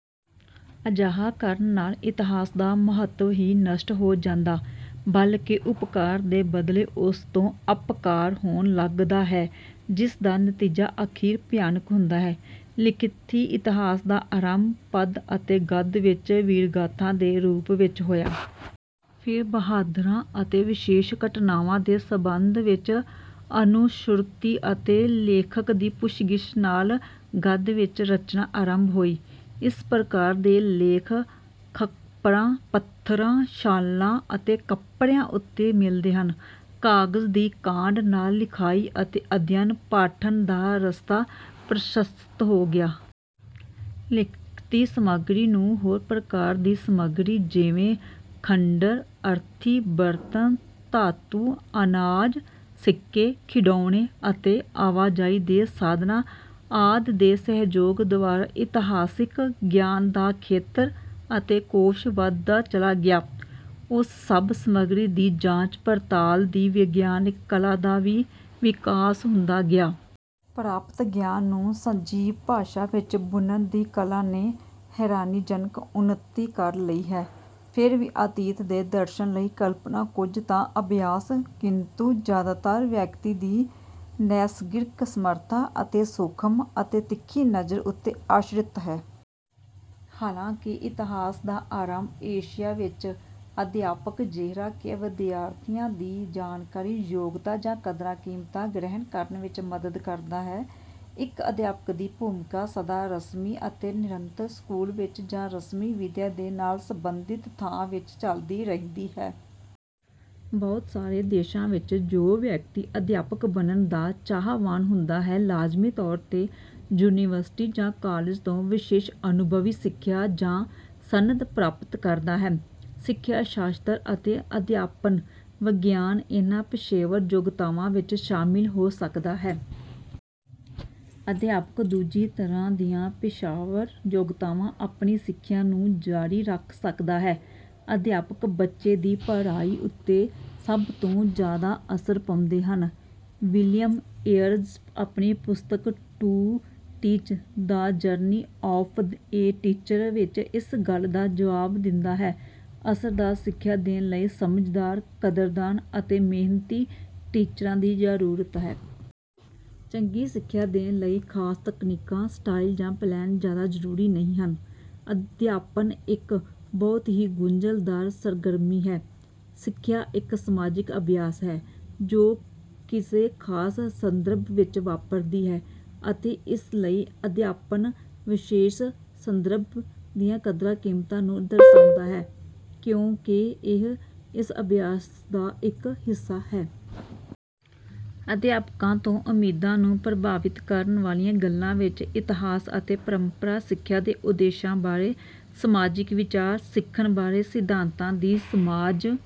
ਅਜਿਹਾ ਕਰਨ ਨਾਲ ਇਤਿਹਾਸ ਦਾ ਮਹੱਤਵ ਹੀ ਨਹੀਂ ਨਸ਼ਟ ਹੋ ਜਾਂਦਾ, ਬਲਕਿ ਉਪਕਾਰ ਦੇ ਬਦਲੇ ਉਸ ਤੋਂ ਅਪਕਾਰ ਹੋਣ ਲੱਗਦਾ ਹੈ ਜਿਸਦਾ ਨਤੀਜਾ ਅਖੀਰ ਭਿਆਨਕ ਹੁੰਦਾ ਹੈ। ਲਿਖਤੀ ਇਤਿਹਾਸ ਦਾ ਆਰੰਭ ਪਦ ਅਤੇ ਗਦ ਵਿੱਚ ਵੀਰਗਾਥਾ ਦੇ ਰੂਪ ਵਿੱਚ ਹੋਇਆ। ਫਿਰ ਬਹਾਦਰਾਂ ਅਤੇ ਵਿਸ਼ੇਸ਼ ਘਟਨਾਵਾਂ ਦੇ ਸੰਬੰਧ ਵਿੱਚ ਅਨੁਸ਼ਰੁਤੀ ਅਤੇ ਲੇਖਕ ਦੀ ਪੁੱਛਗਿਛ ਨਾਲ ਗਦ ਵਿੱਚ ਰਚਨਾ ਅਰੰਭ ਹੋਈ। ਇਸ ਪ੍ਰਕਾਰ ਦੇ ਲੇਖ ਖਪੜਾਂ, ਪੱਥਰਾਂ, ਛਾਲਾਂ ਅਤੇ ਕੱਪੜਿਆਂ ਉੱਤੇ ਮਿਲਦੇ ਹਨ। ਕਾਗਜ ਦੀ ਕਾਢ ਨਾਲ ਲਿਖਾਈ ਅਤੇ ਅਧਿਅਨ ਪਾਠਨ ਦਾ ਰਸਤਾ ਪ੍ਰਸ਼ਸਤ ਹੋ ਗਿਆ। ਲਿਖਤੀ ਸਾਮਗਰੀ ਨੂੰ ਹੋਰ ਪ੍ਰਕਾਰ ਦੀ ਸਾਮਗਰੀ ਜਿਵੇਂ ਖੰਡਰ, ਅਰਥੀ, ਬਰਤਨ, ਧਾਤੂ, ਅਨਾਜ, ਸਿੱਕੇ, ਖਿਡੌਣੇ ਅਤੇ ਆਵਾਜਾਈ ਦੇ ਸਾਧਨਾਂ ਆਦਿ ਦੇ ਸਹਿਯੋਗ ਦੁਆਰਾ ਇਤਿਹਾਸਿਕ ਗਿਆਨ ਦਾ ਖੇਤਰ ਅਤੇ ਕੋਸ਼ ਵਧਦਾ ਚਲਾ ਗਿਆ। ਉਸ ਸਭ ਸਾਮਗਰੀ ਦੀ ਜਾਂਚ ਪੜਤਾਲ ਦੀ ਵਿਗਿਆਨਕ ਕਲਾ ਦਾ ਵੀ ਵਿਕਾਸ ਹੁੰਦਾ ਗਿਆ। ਪ੍ਰਾਪਤ ਗਿਆਨ ਨੂੰ ਸਜੀਵ ਭਾਸ਼ਾ ਵਿੱਚ ਬੁਣਨ ਦੀ ਕਲਾ ਨੇ ਹੈਰਾਨੀਜਨਕ ਉੱਨਤੀ ਕਰ ਲਈ ਹੈ, ਫਿਰ ਵੀ ਅਤੀਤ ਦੇ ਦਰਸ਼ਨ ਲਈ ਕਲਪਨਾ ਕੁੱਝ ਤਾਂ ਅਭਿਆਸ, ਕਿੰਤੂ ਜਿਆਦਾਤਰ ਵਿਅਕਤੀ ਦੀ ਨੈਸਰਗਿਕ ਸਮਰੱਥਾ ਅਤੇ ਸੂਖਮ ਅਤੇ ਤਿੱਖੀ ਨਜ਼ਰ ਉੱਤੇ ਆਸ਼ਰਿਤ ਹੈ। ਹਾਲਾਂਕਿ ਇਤਿਹਾਸ ਦਾ ਆਰੰਭ ਏਸ਼ੀਆ ਵਿੱਚ। ਅਧਿਆਪਕ ਜਿਹੜਾ ਕਿ ਵਿਦਿਆਰਥੀਆਂ ਦੀ ਜਾਣਕਾਰੀ, ਯੋਗਤਾ ਜਾਂ ਕਦਰਾਂ-ਕੀਮਤਾਂ ਗ੍ਰਹਿਣ ਕਰਨ ਵਿੱਚ ਮਦਦ ਕਰਦਾ ਹੈ। ਇੱਕ ਅਧਿਆਪਕ ਦੀ ਭੂਮਿਕਾ ਸਦਾ ਰਸਮੀ ਅਤੇ ਨਿਰੰਤਰ, ਸਕੂਲ ਵਿੱਚ ਜਾਂ ਰਸਮੀ ਵਿੱਦਿਆ ਦੇ ਨਾਲ ਸਬੰਧਤ ਥਾਂ ਵਿੱਚ ਚਲਦੀ ਰਹਿੰਦੀ ਹੈ। ਬਹੁਤ ਸਾਰੇ ਦੇਸ਼ਾਂ ਵਿੱਚ ਜੋ ਵਿਅਕਤੀ ਅਧਿਆਪਕ ਬਣਨ ਦਾ ਚਾਹਵਾਨ ਹੁੰਦਾ ਹੈ, ਲਾਜ਼ਮੀ ਤੌਰ ਤੇ ਯੂਨੀਵਰਸਿਟੀ ਜਾਂ ਕਾਲਜ ਤੋਂ ਵਿਸ਼ੇਸ਼ ਅਨੁਭਵੀ ਸਿੱਖਿਆ ਜਾਂ ਸਨਦ ਪ੍ਰਾਪਤ ਕਰਦਾ ਹੈ। ਸਿੱਖਿਆ ਸ਼ਾਸਤਰ ਅਤੇ ਅਧਿਆਪਨ ਵਿਗਿਆਨ ਇਹਨਾ ਪੇਸ਼ੇਵਰ ਯੋਗਤਾਵਾਂ ਵਿੱਚ ਸ਼ਾਮਿਲ ਹੋ ਸਕਦਾ ਹੈ। ਅਧਿਆਪਕ, ਦੂਜੀ ਤਰਾਂ ਦੀਆਂ ਪੇਸ਼ੇਵਰ ਯੋਗਤਾਵਾਂ, ਆਪਣੀ ਸਿੱਖਿਆ ਨੂੰ ਜਾਰੀ ਰਖ ਸਕਦਾ ਹੈ। ਅਧਿਆਪਕ ਬੱਚੇ ਦੀ ਪੜ੍ਹਾਈ ਉੱਤੇ ਸਭ ਤੋਂ ਜ਼ਿਆਦਾ ਅਸਰ ਪਾਉਂਦੇ ਹਨ। ਵਿਲਿਅਮ ਏਅਰਜ਼ ਆਪਣੀ ਪੁਸਤਕ to teach the journey of a teacher ਵਿਚ ਇਸ ਗੱਲ ਦਾ ਜਵਾਬ ਦਿੰਦਾ ਹੈ, ਅਸਰਦਾਰ ਸਿੱਖਿਆ ਦੇਣ ਲਈ ਸਮਝਦਾਰ, ਕਦਰਦਾਨ ਅਤੇ ਮਿਹਨਤੀ ਟੀਚਰਾਂ ਦੀ ਜ਼ਰੂਰਤ ਹੈ। ਚੰਗੀ ਸਿੱਖਿਆ ਦੇਣ ਲਈ ਖ਼ਾਸ ਤਕਨੀਕਾਂ, ਸਟਾਈਲ ਜਾਂ ਪਲੈਨ ਜ਼ਿਆਦਾ ਜ਼ਰੂਰੀ ਨਹੀਂ ਹਨ। ਅਧਿਆਪਨ ਇੱਕ ਬਹੁਤ ਹੀ ਗੁੰਝਲਦਾਰ ਸਰਗਰਮੀ ਹੈ। ਸਿੱਖਿਆ ਇਕ ਸਮਾਜਿਕ ਅਭਿਆਸ ਹੈ, ਜੋ ਕਿਸੇ ਖਾਸ ਸੰਦਰਭ ਵਿੱਚ ਵਾਪਰਦੀ ਹੈ ਅਤੇ ਇਸ ਲਈ ਅਧਿਆਪਨ ਵਿਸ਼ੇਸ਼ ਸੰਦਰਭ ਦੀਆਂ ਕਦਰਾਂ-ਕੀਮਤਾਂ ਨੂੰ ਦਰਸਾਉਂਦਾ ਹੈ ਕਿਉਂਕਿ ਇਹ ਇਸ ਅਭਿਆਸ ਦਾ ਇੱਕ ਹਿੱਸਾ ਹੈ। ਅਧਿਆਪਕਾਂ ਤੋਂ ਉਮੀਦਾਂ ਨੂੰ ਪ੍ਰਭਾਵਿਤ ਕਰਨ ਵਾਲੀਆਂ ਗੱਲਾਂ ਵਿੱਚ ਇਤਿਹਾਸ ਅਤੇ ਪਰੰਪਰਾ, ਸਿੱਖਿਆ ਦੇ ਉਦੇਸ਼ਾਂ ਬਾਰੇ ਸਮਾਜਿਕ ਵਿਚਾਰ, ਸਿੱਖਣ ਬਾਰੇ ਸਿਧਾਂਤਾਂ ਦੀ ਸਮਾਜ